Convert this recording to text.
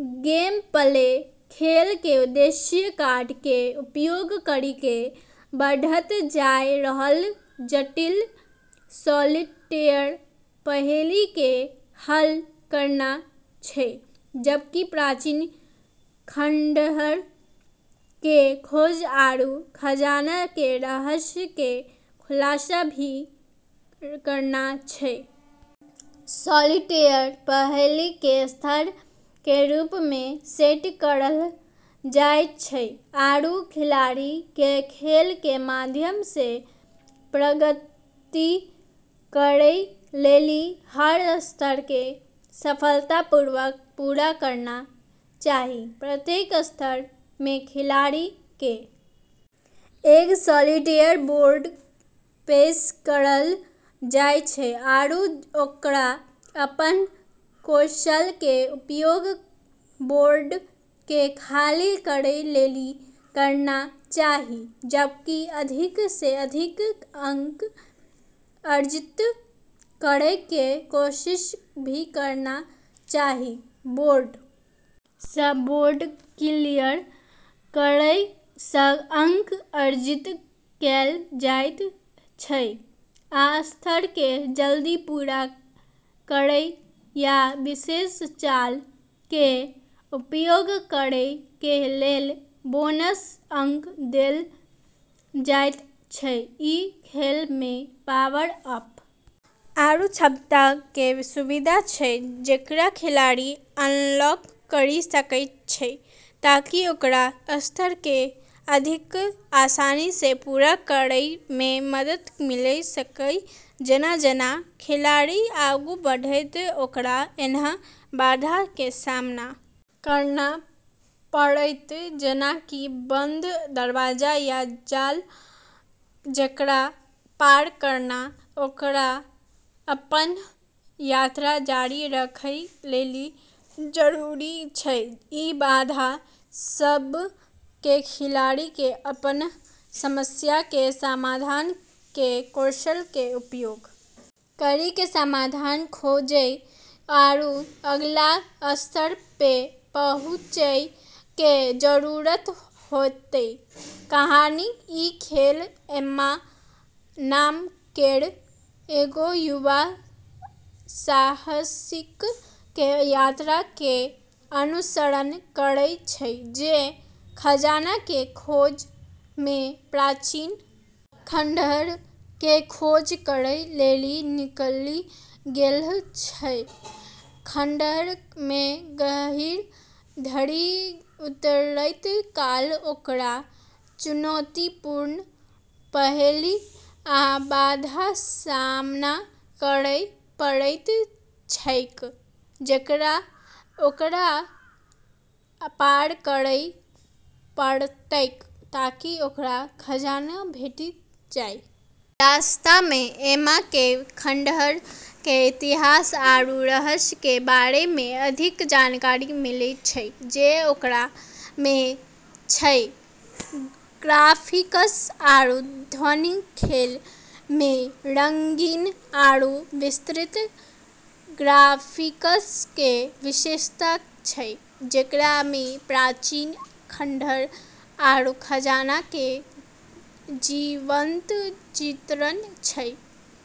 Gameplay खेल के उद्देश्य कार्ड के उपयोग करी के बढ़त जाय रहलऽ जटिल सॉलिटेयर पहेली के हल करना छै, जबकि प्राचीन खंडहर के खोज आरू खजाना के रहस्य के खुलासा भी करना छै, सॉलिटेयर पहेली के स्तर के रूप मे सेट करलऽ जाय छै आरू खिलाड़ी के खेल के माध्यम से प्रगति करै लेली हर स्तर के सफलतापूर्वक पूरा करना चाहि, प्रत्येक स्तर मे खिलाड़ी के एक सॉलिटेयर बोर्ड पेश करलऽ जाय छै आरू ओकरा अपनऽ कौशल के उपयोग बोर्ड के खाली करै लेली करना चाहि जबकि अधिक से अधिक अंक अर्जित करै के कोशिश भी करना चाहि, बोर्ड सं कार्ड क्लियर करय सं अंक अर्जित कैल जायत छै आ स्तर कें जल्दी पूरा करय या विशेष चाल कें उपयोग करय कें लेल बोनस अंक देल जायत छै, ई खेल मे पावर-अप आरू क्षमता के सुविधा छै जेकरा खिलाड़ी अनलॉक करी सकै छै ताकि ओकरा स्तर के अधिक आसानी से पूरा करै मे मदद मिले सके जेना-जेना खिलाड़ी आगू बढ़तै ओकरा ऐन्हऽ बाधा के सामना करना पड़तै जेना कि बंद दरवाजा या जाल जेकरा पार करना ओकरा अपनऽ यात्रा जारी रखै लेली जरूरी छै, ई बाधा सब के खिलाड़ी के अपनऽ समस्या के समाधान के कौशल के उपयोग करी के समाधान खोजै आरू अगला स्तर पे पहुँचै के जरूरत होतै, कहानी ई खेल एम्मा नाम केरऽ एगो युवा साहसिक के यात्रा के अनुसरण करै छै जे खजाना के खोज मे प्राचीन खंडहर के खोज करै लेली निकली गेलऽ छै, खंडहर मे गहींर धरि उतरैत काल ओकरा चुनौतीपूर्ण पहेली आ बाधाक सामना करय पड़ैत छैक जकरा ओकरा पार करय पड़तैक ताकि ओकरा खजाना भेटि जाय, रास्ता में एम्मा के खंडहर के इतिहास आरू रहस्य के बारे में अधिक जानकारी मिलै छै जे ओकरा में छै, ग्राफिक्स आरू ध्वनि खेल मे रंगीन आरू विस्तृत ग्राफिक्स के विशेषता छै जेकरा मे प्राचीन खंडहर आरू खजाना के जीवंत चित्रण छै।